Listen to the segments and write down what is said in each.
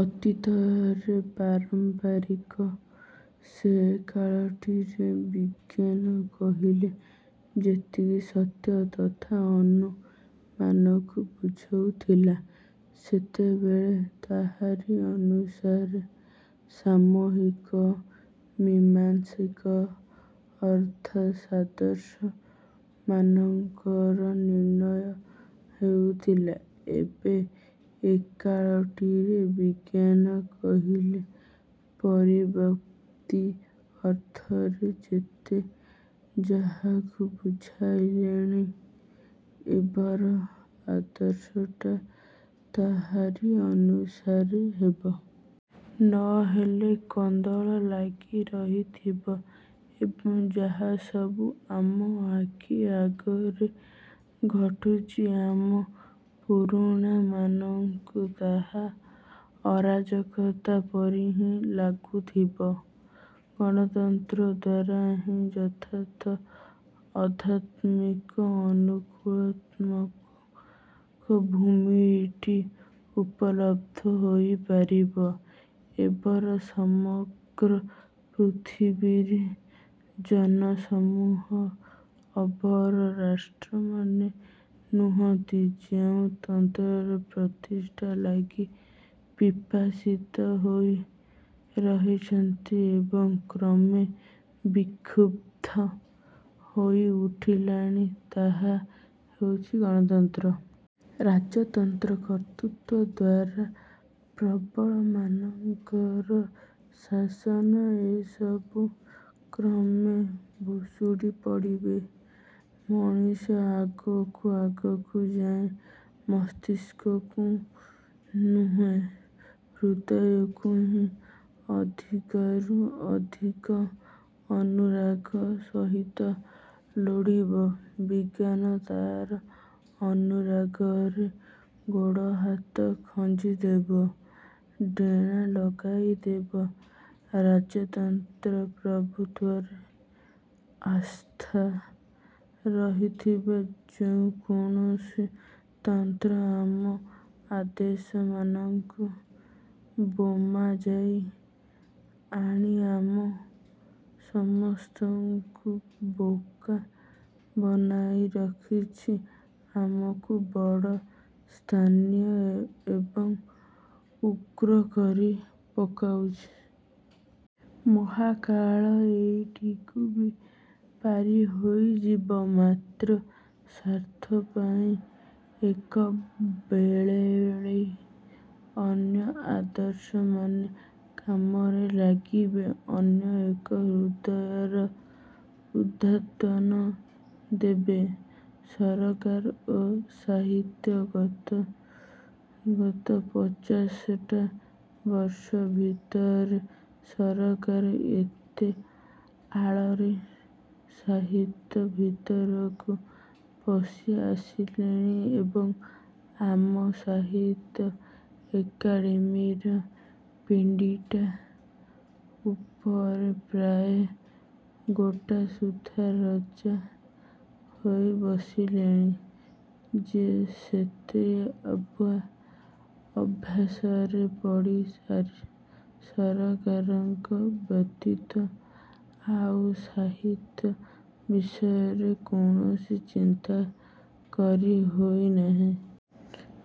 ଅତୀତରେ ପାରମ୍ପରିକ ସେ କାଳଟିରେ ବିଜ୍ଞାନ କହିଲେ ଯେତିକି ସତ୍ୟ ତଥା ଅନୁମାନକୁ ବୁଝାଉଥିଲା ସେତେବେଳେ ତାହାରି ଅନୁସାରେ ସାମୂହିକ ମୀମାଂସକ ଅର୍ଥାତ୍ ଆଦର୍ଶମାନଙ୍କର ନିର୍ଣ୍ଣୟ ହେଉଥିଲା। ଏବେ ଏକାଳଟିରେ ବିଜ୍ଞାନ କହିଲେ ପରିବ୍ୟାପ୍ତ ଅର୍ଥରେ ଯେତେ ଯାହାକୁ ବୁଝାଇଲାଣି, ଏବର ଆଦର୍ଶଟା ତାହାରି ଅନୁସାରେ ହେବ। ନହେଲେ କନ୍ଦଳ ଲାଗି ରହିଥିବ ଏବଂ ଯାହାସବୁ ଆମ ଆଖିଆଗରେ ଘଟୁଛି ଆମ ପୁରୁଣା ମାନଙ୍କୁ ତାହା ଅରାଜକତା ପରି ହିଁ ଲାଗୁଥିବ। ଗଣତନ୍ତ୍ର ଦ୍ଵାରା ହିଁ ଯଥାର୍ଥ ଆଧ୍ୟାତ୍ମର ଅନୁକୂଳତମ ଭୂମିଟି ଉପଲବ୍ଧ ହୋଇପାରିବ। ଏବର ସମଗ୍ର ପୃଥିବୀରେ ଜନସମୂହ, ଏବର ରାଷ୍ଟ୍ରମାନେ ନୁହନ୍ତି ଯେଉଁ ତନ୍ତ୍ରର ପ୍ରତିଷ୍ଠା ଲାଗି ପିପାସିତ ହୋଇ ରହିଛନ୍ତି ଏବଂ କ୍ରମେ ବିକ୍ଷୁବ୍ଧ ହୋଇ ଉଠିଲେଣି ତାହା ହେଉଛି ଗଣତନ୍ତ୍ର। ରାଜତନ୍ତ୍ର, କର୍ତ୍ତୃତ୍ଵ ଦ୍ଵାରା ପ୍ରବଳମାନଙ୍କର ଶାସନ ଏସବୁ କ୍ରମେ ଭୁଶୁଡ଼ି ପଡ଼ିବେ। ମଣିଷ ଆଗକୁ ଆଗକୁ ଯାଇ ମସ୍ତିଷ୍କକୁ ନୁହେଁ, ହୃଦୟକୁ ହିଁ ଅଧିକରୁ ଅଧିକ ଅନୁରାଗ ସହିତ ଲୋଡ଼ିବ। ବିଜ୍ଞାନ ତାର ଅନୁରାଗରେ ଗୋଡ଼ହାତ ଖଞ୍ଜିଦେବ, ଡ଼େଣା ଲଗାଇଦେବ। ରାଜତନ୍ତ୍ର ପ୍ରଭୁତ୍ୱରେ ଆସ୍ଥା ରହିଥିବା ଯେକୌଣସି ତନ୍ତ୍ର ଆମ ଆଦର୍ଶମାନଙ୍କୁ ବୋମା ଯାଏ ଆଣି ଆମ ସମସ୍ତଙ୍କୁ ବୋକା ବନାଇ ରଖିଛି, ଆମକୁ ବଡ଼ ସ୍ଥାନୀୟ ଏବଂ ଉଗ୍ର କରି ପକାଉଛି। ମହାକାଳ ଏଇଟିକୁ ବି ପାରି ହୋଇଯିବ। ମାତ୍ର ସେଥିପାଇଁ ଏକାବେଳେଳେ ଅନ୍ୟ ଆଦର୍ଶମାନେ କାମରେ ଲାଗିବେ, ଅନ୍ୟ ଏକ ହୃଦୟର ଉଦ୍ବୋଧନ ଦେବେ। ସରକାର ଓ ସାହିତ୍ୟ ଗତ ପଚାଶଟା ବର୍ଷ ଭିତରେ ସରକାର ଏତେ ଆଳରେ ସାହିତ୍ୟ ଭିତରକୁ ପଶି ଆସିଲେଣି ଏବଂ ଆମ ସାହିତ୍ୟ ଏକାଡ଼େମୀର ପିଣ୍ଡିଟା ଉପରେ ପ୍ରାୟ ଗୋଟାସୁଦ୍ଧା ରଜା ହୋଇ ବସିଲେଣି ଯେ ସତେଅବା ଅଭ୍ୟାସରେ ପଡ଼ି ସରକାରଙ୍କ ବ୍ୟତୀତ ଆଉ ସାହିତ୍ୟ ବିଷୟରେ କୌଣସି ଚିନ୍ତା କରି ହେଉନାହିଁ।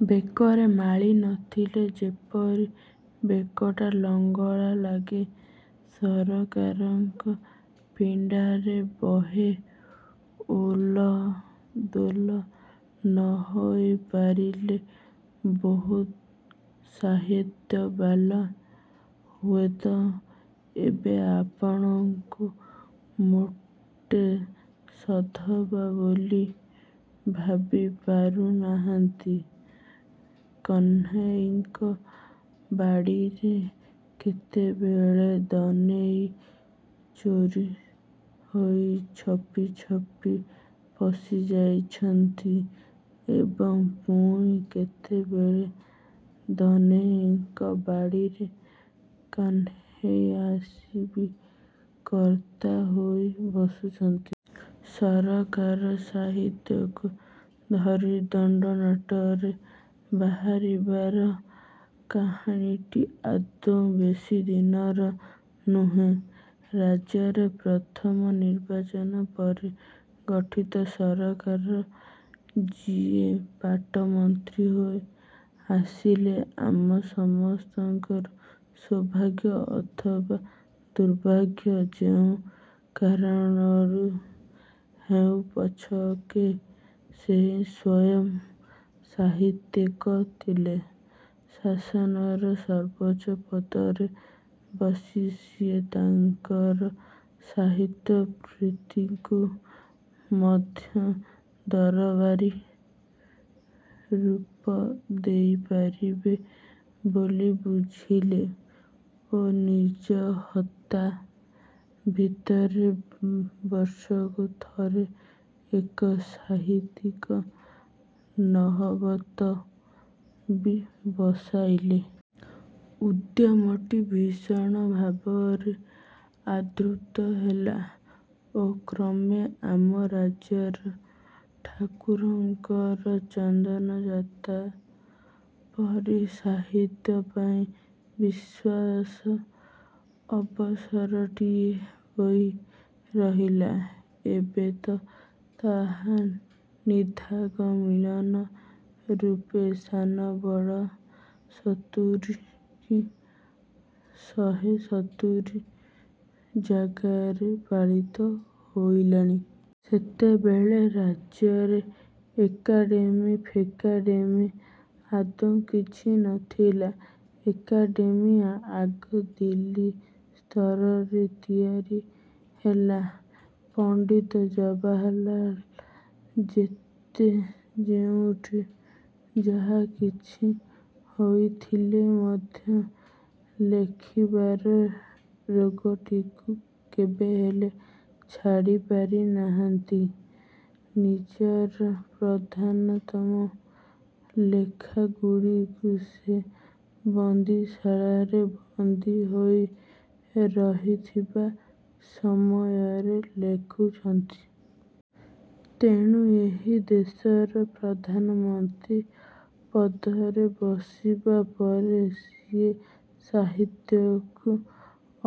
ବେକରେ ମାଳୀ ନଥିଲେ ଯେପରି ବେକଟା ଲଙ୍ଗଳା ଲାଗେ, ସରକାରଙ୍କ ପିଣ୍ଡାରେ ବହେ ଓଲ୍ ଦୋଲ୍ ନହୋଇ ପାରିଲେ ବହୁତ ସାହିତ୍ୟବାଲା ହୁଏତ ଏବେ ଆପଣାକୁ ମୋଟେ ସଧବା ବୋଲି ଭାବି ପାରୁନାହାନ୍ତି। କହ୍ନେଇଙ୍କ ବାଡ଼ିରେ କେତେବେଳେ ଦନେଇ ଚୋର ହୋଇ ଛପି ଛପି ପଶି ଯାଉଛନ୍ତି ଏବଂ ପୁଣି କେତେବେଳେ ଦନେଇଙ୍କ ବାଡ଼ିରେ କହ୍ନେଇ ଆସି ବି କର୍ତ୍ତା ହୋଇ ବସୁଛନ୍ତି। ସରକାର ସାହିତ୍ୟକୁ ଧରି ଦଣ୍ଡନାଟରେ ବାହାରିବାର କାହାଣୀଟି ଆଦୌ ବେଶୀଦିନର ନୁହେଁ। ରାଜ୍ୟରେ ପ୍ରଥମ ନିର୍ବାଚନ ପରେ ଗଠିତ ସରକାରର ଯିଏ ପାଟମନ୍ତ୍ରୀ ହୋଇ ଆସିଲେ, ଆମ ସମସ୍ତଙ୍କର ସୌଭାଗ୍ୟ ଅଥବା ଦୁର୍ଭାଗ୍ୟ ଯେଉଁ କାରଣରୁ ହେଉ ପଛକେ ସିଏ ସ୍ୱୟଂ ସାହିତ୍ୟିକ ଥିଲେ। ଶାସନର ସର୍ବୋଚ୍ଚ ପଦରେ ବସି ସିଏ ତାଙ୍କର ସାହିତ୍ୟପ୍ରୀତିକୁ ମଧ୍ୟ ଦରବାରୀ ରୂପ ଦେଇପାରିବେ ବୋଲି ବୁଝିଲେ ଓ ନିଜ ହତା ଭିତରେ ବର୍ଷକୁ ଥରେ ଏକ ସାହିତ୍ୟିକ ନହବତ ବି ବସାଇଲେ। ଉଦ୍ୟମଟି ଭୀଷଣ ଭାବରେ ଆଦୃତ ହେଲା ଓ କ୍ରମେ ଆମ ରାଜ୍ୟରେ ଠାକୁରଙ୍କର ଚନ୍ଦନଯାତ ପରି ସାହିତ୍ୟ ପାଇଁ ବିଶେଷ ଅବସରଟିଏ ହୋଇ ରହିଲା। ଏବେ ତ ତାହା ନିଦାଘ ମିଳନ ରୂପେ ସାନ ବଡ଼ ସତୁରି କି ଶହେ ସତୁରି ଜାଗାରେ ପାଳିତ ହୋଇଲାଣି। ସେତେବେଳେ ରାଜ୍ୟରେ ଏକାଡ଼େମୀ ଫେକାଡ଼େମୀ ଆଦୌ କିଛି ନଥିଲା। ଏକାଡ଼େମୀ ଆଗ ଦିଲ୍ଲୀ ସ୍ତରରେ ତିଆରି ହେଲା। ପଣ୍ଡିତ ଜବାହରଲାଲ୍ ଯେତେ ଯେଉଁଠି ଯାହାକିଛି ହୋଇଥିଲେ ମଧ୍ୟ ଲେଖିବାର ରୋଗଟିକୁ କେବେହେଲେ ଛାଡ଼ି ପାରିନାହାନ୍ତି। ନିଜର ପ୍ରଧାନତମ ଲେଖାଗୁଡ଼ିକୁ ସେ ବନ୍ଦୀଶାଳାରେ ବନ୍ଦୀ ହୋଇ ରହିଥିବା ସମୟରେ ଲେଖିଛନ୍ତି। ତେଣୁ ଏହି ଦେଶର ପ୍ରଧାନମନ୍ତ୍ରୀ ପଦରେ ବସିବା ପରେ ସିଏ ସାହିତ୍ୟକୁ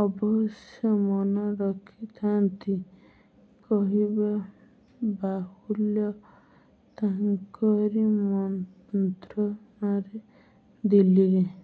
ଅବଶ୍ୟ ମନ ରଖିଥାନ୍ତି। କହିବା ବାହୁଲ୍ୟ, ତାଙ୍କରି ମନ୍ତ୍ରଣାରେ ଦିଲ୍ଲୀରେ -